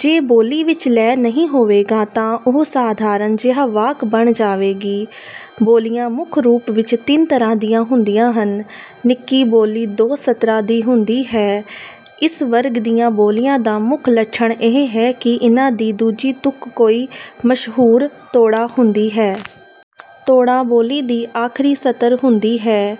ਜੇ ਬੋਲੀ ਵਿੱਚ ਲੈਅ ਨਹੀਂ ਹੋਵੇਗਾ ਤਾਂ ਉਹ ਸਾਧਾਰਨ ਜਿਹਾ ਵਾਕ ਬਣ ਜਾਵੇਗੀ। ਬੋਲੀਆਂ ਮੁੱਖ ਰੂਪ ਵਿੱਚ ਤਿੰਨ ਤਰ੍ਹਾਂ ਦੀਆਂ ਹੁੰਦੀਆਂ ਹਨ। ਨਿੱਕੀ ਬੋਲੀ ਦੋ ਸਤਰਾਂ ਦੀ ਹੁੰਦੀ ਹੈ। ਇਸ ਵਰਗ ਦੀਆਂ ਬੋਲੀਆਂ ਦਾ ਮੁੱਖ ਲੱਛਣ ਇਹ ਹੈ ਕਿ ਇਨ੍ਹਾਂ ਦੀ ਦੂਜੀ ਤੁਕ ਕੋਈ ਮਸ਼ਹੂਰ 'ਤੋੜਾ' ਹੁੰਦੀ ਹੈ। ਤੋੜਾ ਬੋਲੀ ਦੀ ਆਖਰੀ ਸਤਰ ਹੁੰਦੀ ਹੈ।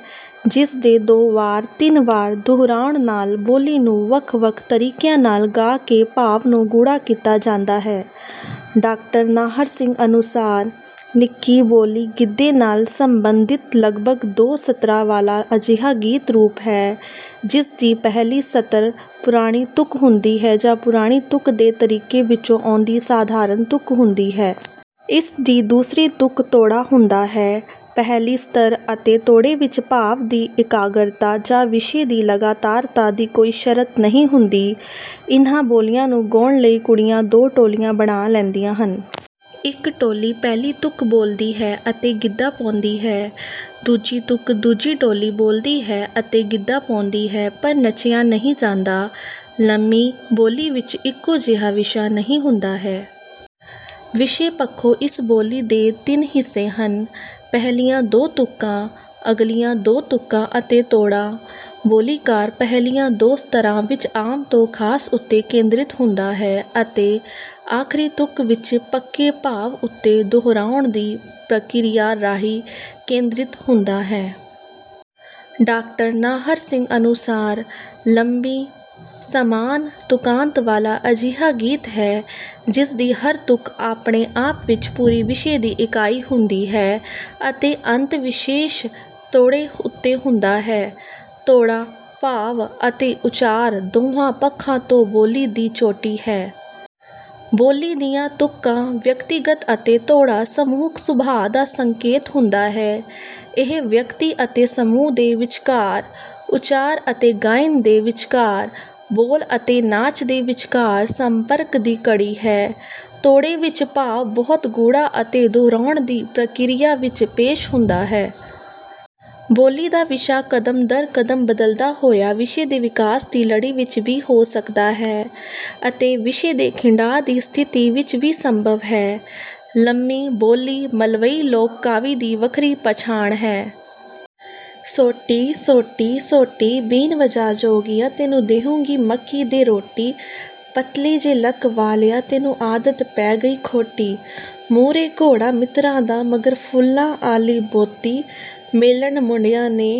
ਜਿਸ ਦੇ ਦੋ ਵਾਰ ਤਿੰਨ ਵਾਰ ਦੁਹਰਾਉਣ ਨਾਲ ਬੋਲੀ ਨੂੰ ਵੱਖ-ਵੱਖ ਤਰੀਕਿਆਂ ਨਾਲ ਗਾ ਕੇ ਭਾਵ ਨੂੰ ਗੂੜ੍ਹਾ ਕੀਤਾ ਜਾਂਦਾ ਹੈ। ਡਾਕਟਰ ਨਾਹਰ ਸਿੰਘ ਅਨੁਸਾਰ, "ਨਿੱਕੀ ਬੋਲੀ ਗਿੱਧੇ ਨਾਲ ਸੰਬੰਧਿਤ ਲਗਭਗ ਦੋ ਸਤਰਾਂ ਵਾਲਾ ਅਜਿਹਾ ਗੀਤ ਰੂਪ ਹੈ, ਜਿਸ ਦੀ ਪਹਿਲੀ ਸਤਰ ਪੁਰਾਣੀ ਤੁਕ ਹੁੰਦੀ ਹੈ ਜਾਂ ਪੁਰਾਣੀ ਤੁਕ ਦੇ ਤਰੀਕੇ ਵਿੱਚੋਂ ਆਉਂਦੀ ਸਾਧਾਰਨ ਤੁਕ ਹੁੰਦੀ ਹੈ। ਇਸ ਦੀ ਦੂਸਰੀ ਤੁਕ ਤੋੜਾ ਹੁੰਦਾ ਹੈ। ਪਹਿਲੀ ਸਤਰ ਅਤੇ ਤੋੜੇ ਵਿੱਚ ਭਾਵ ਦੀ ਇਕਾਗਰਤਾ ਜਾਂ ਵਿਸ਼ੇ ਦੀ ਲਗਾਤਾਰਤਾ ਦੀ ਕੋਈ ਸ਼ਰਤ ਨਹੀਂ ਹੁੰਦੀ।" ਇਨ੍ਹਾਂ ਬੋਲੀਆਂ ਨੂੰ ਗਾਉਣ ਲਈ ਕੁੜੀਆਂ ਦੋ ਟੋਲੀਆਂ ਬਣਾ ਲੈਂਦੀਆਂ ਹਨ। ਇੱਕ ਟੋਲੀ ਪਹਿਲੀ ਤੁਕ ਬੋਲਦੀ ਹੈ ਅਤੇ ਗਿੱਧਾ ਪਾਉਂਦੀ ਹੈ। ਦੂਜੀ ਤੁਕ ਦੂਜੀ ਟੋਲੀ ਬੋਲਦੀ ਹੈ ਅਤੇ ਗਿੱਧਾ ਪਾਉਂਦੀ ਹੈ, ਪਰ ਨੱਚਿਆ ਨਹੀਂ ਜਾਂਦਾ। ਲੰਮੀ ਬੋਲੀ ਵਿੱਚ ਇੱਕੋ ਜਿਹਾ ਵਿਸ਼ਾ ਨਹੀਂ ਹੁੰਦਾ ਹੈ। ਵਿਸ਼ੇ ਪੱਖੋਂ ਇਸ ਬੋਲੀ ਦੇ ਤਿੰਨ ਹਿੱਸੇ ਹਨ – ਪਹਿਲੀਆਂ ਦੋ ਤੁਕਾਂ, ਅਗਲੀਆਂ ਦੋ ਤੁਕਾਂ ਅਤੇ ਤੋੜਾ। ਬੋਲੀਕਾਰ ਪਹਿਲੀਆਂ ਦੋ ਸਤਰਾਂ ਵਿੱਚ ਆਮ ਤੋਂ ਖਾਸ ਉੱਤੇ ਕੇਂਦਰਿਤ ਹੁੰਦਾ ਹੈ ਅਤੇ ਆਖਰੀ ਤੁਕ ਵਿੱਚ ਪੱਕੇ ਭਾਵ ਉੱਤੇ ਦੁਹਰਾਉਣ ਦੀ ਪ੍ਰਕਿਰਿਆ ਰਾਹੀਂ ਕੇਂਦਰਿਤ ਹੁੰਦਾ ਹੈ। ਡਾਕਟਰ ਨਾਹਰ ਸਿੰਘ ਅਨੁਸਾਰ, "ਲੰਮੀ ਸਮਾਨ ਤੁਕਾਂਤ ਵਾਲਾ ਅਜਿਹਾ ਗੀਤ ਹੈ ਜਿਸ ਦੀ ਹਰ ਤੁਕ ਆਪਣੇ ਆਪ ਵਿੱਚ ਪੂਰੀ ਵਿਸ਼ੇ ਦੀ ਇਕਾਈ ਹੁੰਦੀ ਹੈ ਅਤੇ ਅੰਤ ਵਿਸ਼ੇਸ਼ ਤੋੜੇ ਉੱਤੇ ਹੁੰਦਾ ਹੈ। ਤੋੜਾ ਭਾਵ ਅਤੇ ਉਚਾਰ ਦੋਹਾਂ ਪੱਖਾਂ ਤੋਂ ਬੋਲੀ ਦੀ ਚੋਟੀ ਹੈ। ਬੋਲੀ ਦੀਆਂ ਤੁਕਾਂ ਵਿਅਕਤੀਗਤ ਅਤੇ ਤੋੜਾ ਸਮੂਹਕ ਸੁਭਾਅ ਦਾ ਸੰਕੇਤ ਹੁੰਦਾ ਹੈ। ਇਹ ਵਿਅਕਤੀ ਅਤੇ ਸਮੂਹ ਦੇ ਵਿਚਕਾਰ, ਉਚਾਰ ਅਤੇ ਗਾਇਨ ਦੇ ਵਿਚਕਾਰ, ਬੋਲ ਅਤੇ ਨਾਚ ਦੇ ਵਿਚਕਾਰ ਸੰਪਰਕ ਦੀ ਕੜੀ ਹੈ। ਤੋੜੇ ਵਿੱਚ ਭਾਵ ਬਹੁਤ ਗੂੜ੍ਹਾ ਅਤੇ ਦੁਹਰਾਉਣ ਦੀ ਪ੍ਰਕਿਰਿਆ ਵਿੱਚ ਪੇਸ਼ ਹੁੰਦਾ ਹੈ। ਬੋਲੀ ਦਾ ਵਿਸ਼ਾ ਕਦਮ ਦਰ ਕਦਮ ਬਦਲਦਾ ਹੋਇਆ ਵਿਸ਼ੇ ਦੇ ਵਿਕਾਸ ਦੀ ਲੜੀ ਵਿੱਚ ਵੀ ਹੋ ਸਕਦਾ ਹੈ ਅਤੇ ਵਿਸ਼ੇ ਦੇ ਖਿੰਡਾਅ ਦੀ ਸਥਿਤੀ ਵਿੱਚ ਵੀ ਸੰਭਵ ਹੈ। ਲੰਮੀ ਬੋਲੀ ਮਲਵਈ ਲੋਕ-ਕਾਵਿ ਦੀ ਵੱਖਰੀ ਪਛਾਣ ਹੈ।" ਸੋਟੀ, ਸੋਟੀ, ਸੋਟੀ ਬੀਨ ਵਜਾ ਜੋਗੀਆ ਤੈਨੂੰ ਦੇਊਂਗੀ ਮੱਕੀ ਦੇ ਰੋਟੀ ਪਤਲੇ ਜੇ ਲੱਕ ਵਾਲ਼ਿਆਂ ਤੈਨੂੰ ਆਦਤ ਪੈ ਗਈ ਖੋਟੀ ਮੂਹਰੇ ਘੋੜਾ ਮਿੱਤਰਾਂ ਦਾ, ਮਗਰ ਫੁੱਲਾਂ ਆਲ਼ੀ ਬੋਤੀ ਮੇਲਣ ਮੁੰਡਿਆਂ ਨੇ